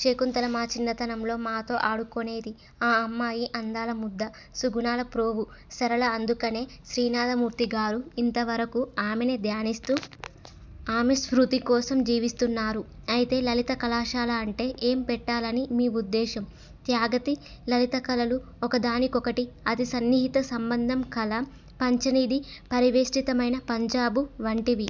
శకుంతల మా చిన్నతనంలో మాతో ఆడుకొనేది. ఆ అమ్మాయి అందాలముద్ద. సుగుణాల ప్రోవు. సరళ అందుకనే శ్రీనాథమూర్తిగారు ఇంతవరకు ఆమెనే ధ్యానిస్తూ, ఆమె స్మృతికోసం జీవిస్తున్నారు. అయితే లలిత కళాశాల అంటే ఏం పెట్టాలని మీ ఉద్దేశం? త్యాగతి లలిత కళలు ఒకదానికొకటి అతి సన్నిహిత సంబంధం కల పంచనిదీ పరివేష్టితమైన పంజాబు వంటివి.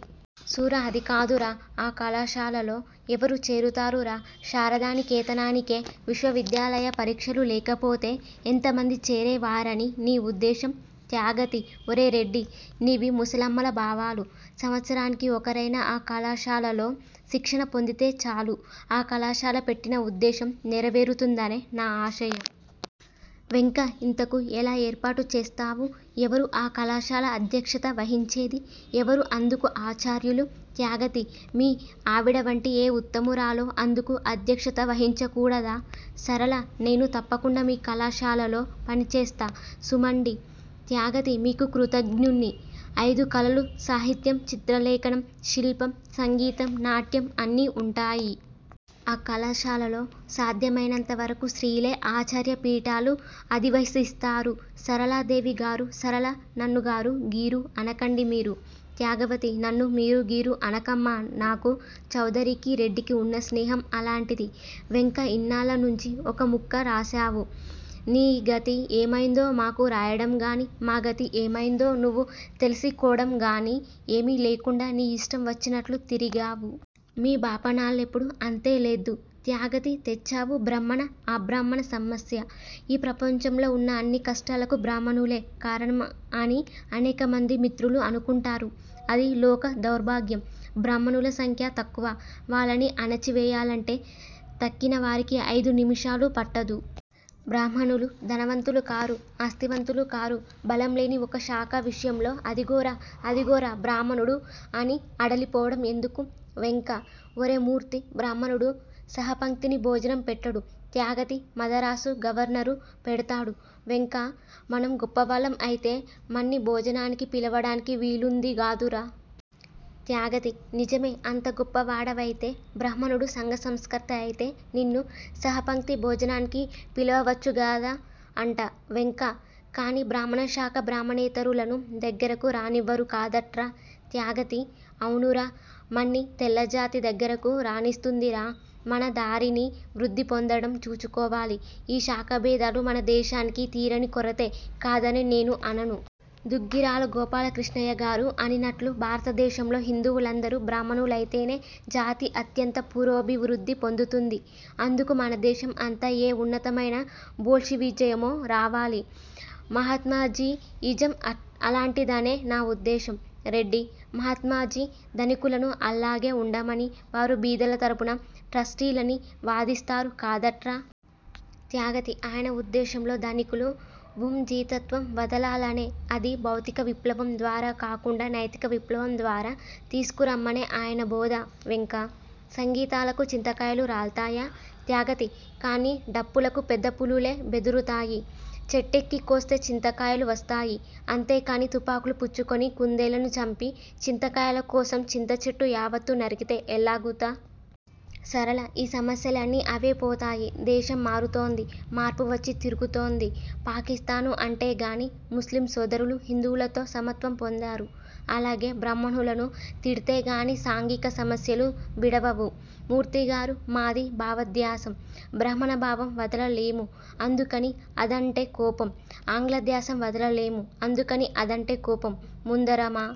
సూర అది కాదురా. ఆ కళాశాలలో ఎవరు చేరుతారురా! శారదానికేతనానికే, విశ్వవిద్యాలయ పరీక్షలు లేకపోతే ఎంతమంది చేరే వారని నీ ఉద్దేశం? త్యాగతి ఒరే రెడ్డీ, నీవి ముసలమ్మల భావాలు. సంవత్సరానికి ఒకరైనా ఆ కళాశాలలో శిక్షణ పొందితే చాలు, ఆ కళాశాల పెట్టిన ఉద్దేశం నెరవేరుతుందనే నా ఆశయం. వెంక ఇంతకూ ఏలా ఏర్పాటు చేస్తావు? ఎవరు ఆ కళాశాల అధ్యక్షత వహించేది? ఎవరు అందుకు ఆచార్యులు? త్యాగతి మీ ఆవిడవంటి ఏ ఉత్తమురాలో అందుకు అధ్యక్షత వహించకూడదా? సరళ నేను తప్పకుండా మీ కళాశాలలో పనిచేస్తా సుమండీ. త్యాగతి మీకు కృతజ్ఞున్ని. అయిదు కళలు సాహిత్యం, చిత్ర లేఖనం, శిల్పం, సంగీతం, నాట్యం అన్నీ వుంటాయి. ఆ కళాశాలలో సాధ్యమయినంతవరకు స్త్రీలే ఆచార్య పీఠాలు అధివసిస్తారు సరళాదేవి గారూ సరళ నన్ను గారూ గీరూ అనకండి మీరు. త్యాగతి నన్ను మీరూ గీరూ అనకమ్మా! నాకూ, చౌదరికి, రెడ్డికి వున్న స్నేహం అలాంటిది. వెంక ఇన్నాళ్ళనుంచీ ఒక ముక్క రాశావూ! నీగతి ఏమయిందో మాకు రాయడంగాని, మా గతి ఏమయిందో నువ్వు తెలిసికోడంగాని ఏమీ లేకుండా నీ ఇష్టం వచ్చినట్లు తిరిగావు. మీ బాపనాళ్ళెప్పుడూ అంతే లెద్దూ. త్యాగతి తెచ్చావు బ్రాహ్మణ అభ్రాహ్మణ సమస్య! ఈ ప్రపంచంలో ఉన్న అన్ని కష్టాలకూ బ్రాహ్మణులే కారణం అని అనేకమంది మిత్రులు అనుకుంటారు. అధి లోక దౌర్భాగ్యం. బ్రాహ్మణుల సమాఖ్య తక్కువ. వాళ్ళని అణచి వెయ్యాలంటే తక్కినవారికి అయిదు నిమిషాలు పట్టదు. బ్రాహ్మణులు ధనవంతులూ కారు, ఆస్తివంతులూ కారు. బలంలేని ఒక శాఖ విషయంలో అదిగోరా! అధిగోరా! బ్రాహ్మణుడు అని అడలిపోవడం ఎందుకు? వెంక: ఒరే మూర్తీ, బ్రాహ్మణుడు సహపంక్తిని భోజనం పెట్టడు. త్యాగతి మదరాసు గవర్నరు పెడ్తాడూ! వెంక మనం గొప్పవాళ్ళం అయితే, మన్ని భోజనానికి పిలవడానికి వీలుందిగాదురా? త్యాగతి: నిజమే, అంత గొప్పవాడవైతే, బ్రాహ్మణుడు సంఘ సంస్కర్త అయితే నిన్ను సహపంక్తి భోజనానికి పిలవవచ్చుగాదా అంట! వెంక కాని బ్రాహ్మణశాఖ బ్రాహ్మణేతరులను దగ్గరకు రానివ్వరు కాదట్రా. త్యాగతి: అవునురా, మన్ని తెల్లజాతి దగ్గరకు రానిస్తూందిరా? మన దారిని వృద్దిపొందడం చూచుకోవాలి ఈ శాఖాభేదాలు మన దేశానికి తీరని కొరతే, కాదని నేను అనను. దుగ్గిరాల గోపాలకృష్ణయ్యగారు అనినట్లు భారత దేశంలో హిందువులందరూ బ్రాహ్మణులైతేనే జాతి అత్యంత పురోభివృద్ది పొందుతుంది. అందుకు మనదేశం అంతా ఏ ఉన్నతమైన బోల్షివిజమో రావాలి! మహాత్మాజీఇజం అల్లాంటిదనే నా ఉద్దేశం. రెడ్డి: మహాత్మాజీ ధనికులను అల్లాగే ఉండమని, వారు బీదల తరపున ట్రస్టీలని వాదిస్తారు కాదట్రా? త్యాగతి: ఆయన ఉద్దేశంలో ధనికులు వూంజీతత్వం వదలాలనే. అది భౌతికవిప్లవం ద్వారా కాకుండా నైతిక విప్లవం ద్వారా తీసుకురమ్మనే ఆయన బోధ! వెంక: సంగీతాలకు చింతకాయలు రాల్తాయా? త్యాగతి: కాని డప్పులకు పెద్దపులులే బెదురుతాయి. చెట్టెక్కికోస్తే చింతకాయలూ వస్తాయి. అంతేకాని తుపాకులు పుచ్చుకొని కుందేళ్ళను చంపి, చింతకాయలకోసం చింతచెట్టు యావత్తూ నరికితే ఎల్లాగుతా? సరళ: ఈ సమస్యలన్నీ అవేపోతాయి. దేశం మారుతోంది. మార్పు వచ్చి తిరుగుతోంది. పాకిస్తాను అంటేగాని, ముస్లిం సోదరులు హిందువులతో సమత్వం పొందారు. అలాగే బ్రాహ్మణులను తిడ్తేగాని సాంఘిక సమస్యలు విడవవు. మూర్తిగారూ, మాది భావదాస్యం. బ్రాహ్మణ బావం వదలలేము. అందుకని అదంటే కోపం. ఆంగ్లదాస్యం వదలలేము: అందుకని అదంటే కోపం. ముందరమా